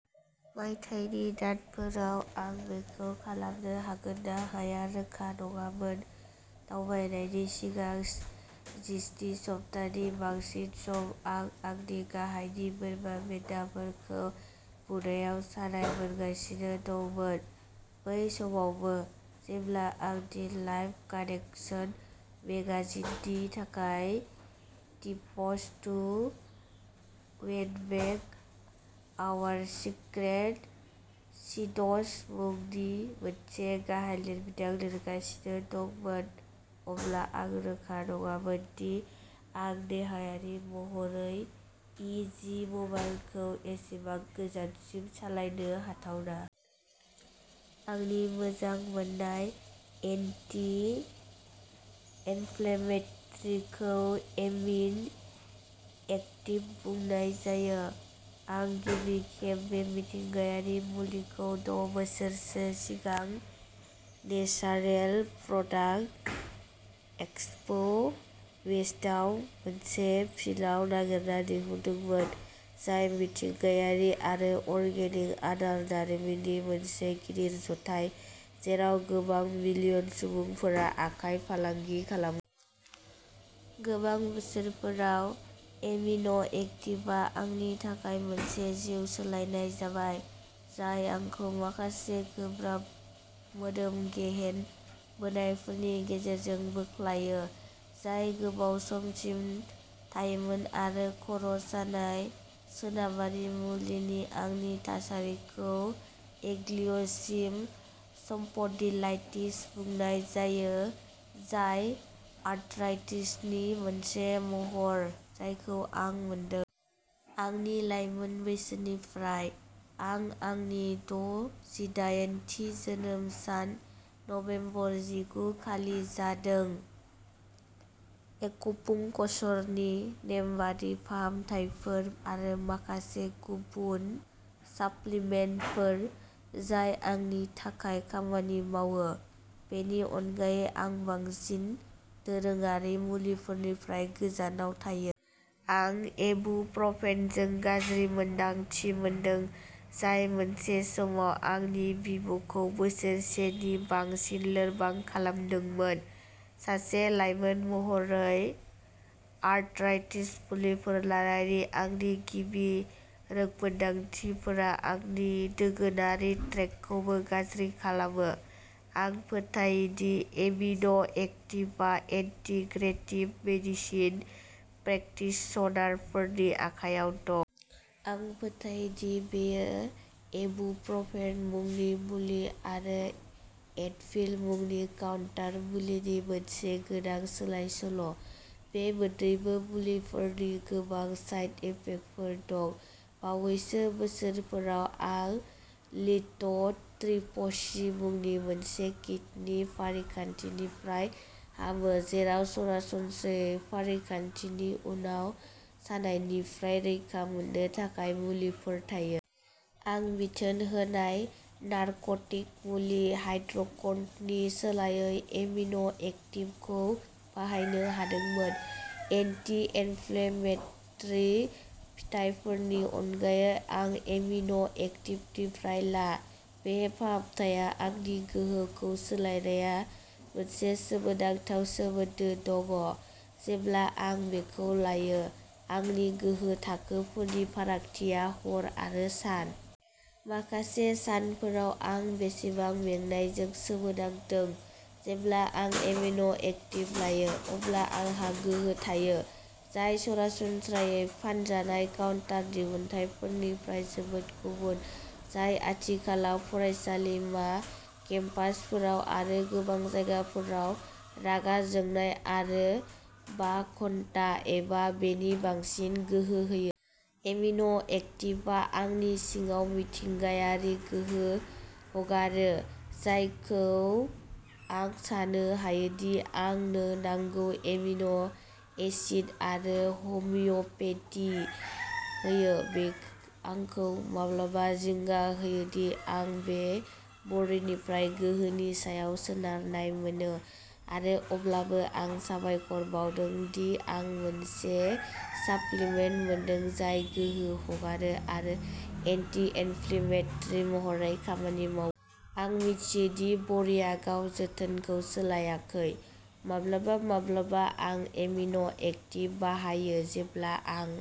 मायथाइनि दानफोराव आं बेखौ खालामनो हागोन ना हाया रोखा नङामोन। दावबायनायनि सिगां जिस्नि सप्ताहनि बांसिन सम आं आंनि गाहायनि बोरमा मेन्दाफोरखौ बुनायाव सानाय मोनगासिनो दंमोन। बै समावबो, जेब्ला आं दि लाइफ कानेकसन मेगाजिननि थाखाय tips to win back our sacred seeds मुंनि मोनसे गाहाय लिरबिदां लिरगासिनो दंमोन, अब्ला आं रोखा नङामोन दि आं देहायारि महरै इ जि मबाइलखौ एसेबां गोजानसिम सालायनो हाथावना। आंनि मोजां मोननाय एन्टि-इनफ्लेमेटरिखौ एमिन एक्टिभ बुंनाय जायो। आं गिबि खेब बे मिथिंगायारि मुलिखौ द' बोसोरसो सिगां नेसारेल प्रडाक्ट एक्सप वेस्टआव मोनसे पिलआव नागिरना दिहुनदोंमोन, जाय मिथिंगायारि आरो अर्गेनिक आदार दारिमिननि मोनसे गिदिर ज'थाय जेराव गोबां-मिलियन सुबुंफोरा आखाइ फालांगि खालामो। गोबां बोसोरफोराव, एमिन' एक्टिभआ आंनि थाखाय मोनसे जिउ सोलायनाय जाबाय, जाय आंखौ माखासे गोब्राब मोदोम-गेहेन बोनायफोरनि गेजेरजों बोख्लायो जाय गोबाव समसिम थायोमोन आरो खर' सानाय। सोनाबारि मुलिनि आंनि थासारिखौ एंग्लिय'सिम स्पन्डिलाइटिस बुंनाय जायो, जाय आर्थराइटिसनि मोनसे महर जायखौ आं मोनदों। आंनि लाइमोन बैसोनिफ्राय। आं आंनि द' जिदायेन थि जोनोम सान नबेम्बर जिगु खालि जादों। एक्युपंक्चरनि नेमबादि फाहामथायफोर आरो माखासे गुबुन साप्लिमेन्टफोर जाय आंनि थाखाय खामानि मावो, बेनि अनगायै, आं बांसिन दोरोङारि मुलिफोरनिफ्राय गोजानाव थायो। आं एबुप्रफेनजों गाज्रि मोन्दांथि मोनदों, जाय मोनसे समाव आंनि बिबुखौ बोसोरसेनि बांसिन लोरबां खालामदोंमोन। सासे लाइमोन महरै आर्थराइटिस मुलिफोर लानायनि आंनि गिबि रोंमोनदांथिफोरा आंनि दोगोनारि ट्रेकखौबो गाज्रि खालामो। आं फोथायो दि एमिन' एक्टिभआ इन्टिग्रेटिभ मेडिसिन प्रेकटिशनारफोरनि आखायाव दं। आं फोथायो दि बेयो इबुप्रफेन मुंनि मुलि आरो एडभिल मुंनि काउन्टार मुलिनि मोनसे गोनां सोलायसोल'। बे मोन्नैबो मुलिफोरनि गोबां साइड इफेक्टफोर दं। बावैसो बोसोरफोराव आं लिथ'ट्रिप्सी मुंनि मोनसे किडनि फारिखान्थिनिफ्राय हामो, जेराव सरासनस्रायै फारिखान्थिनि उनाव सानायनिफ्राय रैखा मोननो थाखाय मुलिफोर थायो। आं बिथोन होनाय नारक'टिक मुलि हाइड्र'क'डननि सोलायै एमिन' एक्टिभखौ बाहायनो हादोंमोन। एन्टि-इनफ्लेमेटरि फिथायफोरनि अनगायै आं एमिन' एक्टिभनिफ्राय ला, बे फाहामथाया आंनि गोहोखौ सोलायनाया मोनसे सोमोनांथाव सोमोन्दो दङ। जेब्ला आं बेखौ लायो, आंनि गोहो थाखोफोरनि फारागथिया हर आरो सान। माखासे सानफोराव, आं बेसेबां मेंनायजों सोमोनांदों। जेब्ला आं एमिन' एक्टिभ लायो, अब्ला आंहा गोहो थायो, जाय सरासनस्रायै फानजानाय काउन्टार दिहुनथायफोरनिफ्राय जोबोद गुबुन, जाय आथिखालाव फरायसालिमा केम्पासफोराव आरो गोबां जायगाफोराव रागा जोंनाय आरो बा घन्टा एबा बेनि बांसिन गोहो होयो। एमिन' एक्टिवआ आंनि सिङाव मिथिंगायारि गोहो हगारो, जायखौ आं साननो हायो दि आंनो नांगौ एमिन' एसिड आरो हमिय'पेथि होयो। बे आंखौ माब्लाबा जिंगा होयो दि आं बे बरिनिफ्राय गोहोनि सायाव सोनारनाय मोनो, आरो अब्लाबो आं साबायखर बावदों दि आं मोनसे साप्लिमेन्ट मोनदों जाय गोहो हगारो आरो एन्टि-इनफ्लेमेटरि महरै खामानि मावो। आं मिथियो दि बरिआ गाव जोथोनखौ सोलायाखै। माब्लाबा माब्लाबा आं एमिन'एक्टिभ बाहायो जेब्ला आं